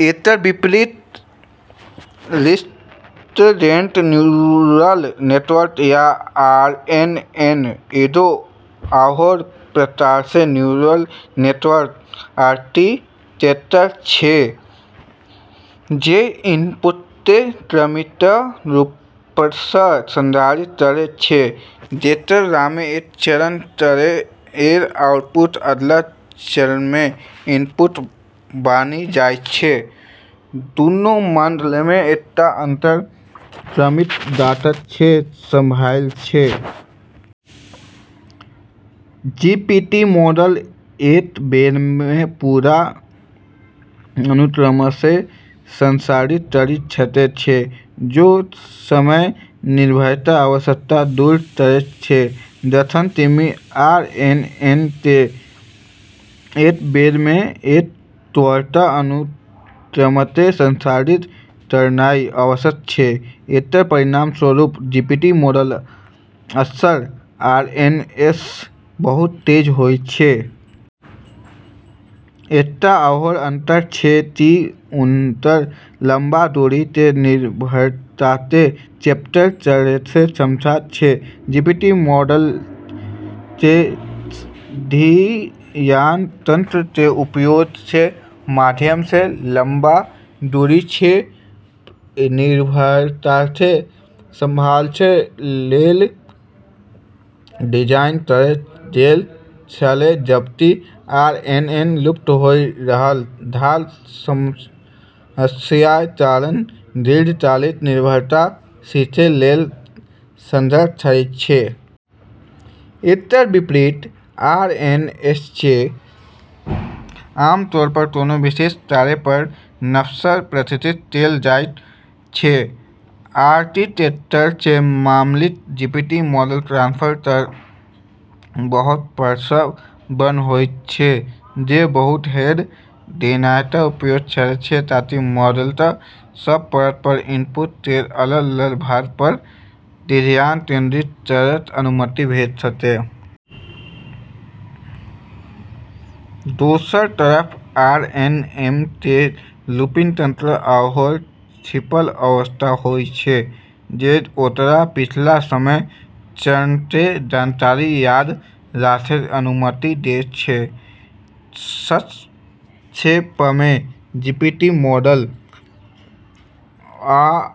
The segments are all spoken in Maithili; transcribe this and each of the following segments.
एकर विपरीत, रिकरेंट न्यूरल नेटवर्क या आरएनएन एगो आओर प्रकारके न्यूरल नेटवर्क आर्किटेक्चर छै जे इनपुटके क्रमिक रूपसँ संसाधित करै छै, जेकरामे एक चरण केर आउटपुट अगला चरणमे इनपुट बनि जाइत छै। दुन्नू मॉडलमे एकटा अंतर क्रमिक डाटाके संभालनाइ छै। जीपीटी मॉडल एक बेरमे पूरा अनुक्रमके संसाधित करि सकै छै, जे समय निर्भरताके आवश्यकताके दूर करैत छै, जखन कि आरएनएनके एक बेरमे एक तत्वके अनुक्रमके संसाधित करनाइ आवश्यक छै। एकर परिणामस्वरूप जीपीटी मॉडल अक्सर आरएनएनसँ बहुत तेज होइ छै। एकटा आओर अंतर छै कि हुनकर लम्बा दूरीके निर्भरताके कैप्चर करैके क्षमता छै। जीपीटी मॉडलके धियान तंत्रके उपयोगके माध्यमसँ लम्बा दूरीके निर्भरताके संभालै लेल डिजाइन करल गेल छलै, जबकि आरएनएन लुप्त होइ रहल ढाल समस्याके कारण दीर्घकालिक निर्भरता सिखै लेल संघर्ष करि सकै छै। एकर विपरीत आरएनएनके आमतौर पर कोनो विशिष्ट कार्य पर नबसँ प्रशिक्षित कैल जाइत छै। आर्किटेक्चरके मामिलामे जीपीटी मॉडल ट्रांसफार्मर केर बहुत परतसँ बनल होइ छै जे बहु-हेड धियानके उपयोग करै छै ताकि मॉडलके सब परत पर इनपुट केर अलग-अलग भाग पर धियान केंद्रित करैके अनुमति भेट सकै। दोसर तरफ आरएनएनमे लूपिंग तंत्र आओर छिपल अवस्था होइ छै जे ओकरा पिछला समय चरणके जानकारी याद राखैके अनुमति दैत छै। संक्षेपमे, जीपीटी आ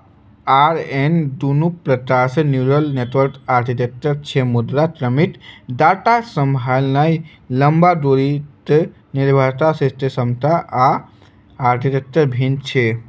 आरएनएन दुन्नू प्रकारके न्यूरल नेटवर्क आर्किटेक्चर छै मुदा क्रमिक डाटाके संभालनाइ, लम्बा दूरीके निर्भरता सिखैके क्षमता, आ आर्किटेक्चरमे भिन्न छै।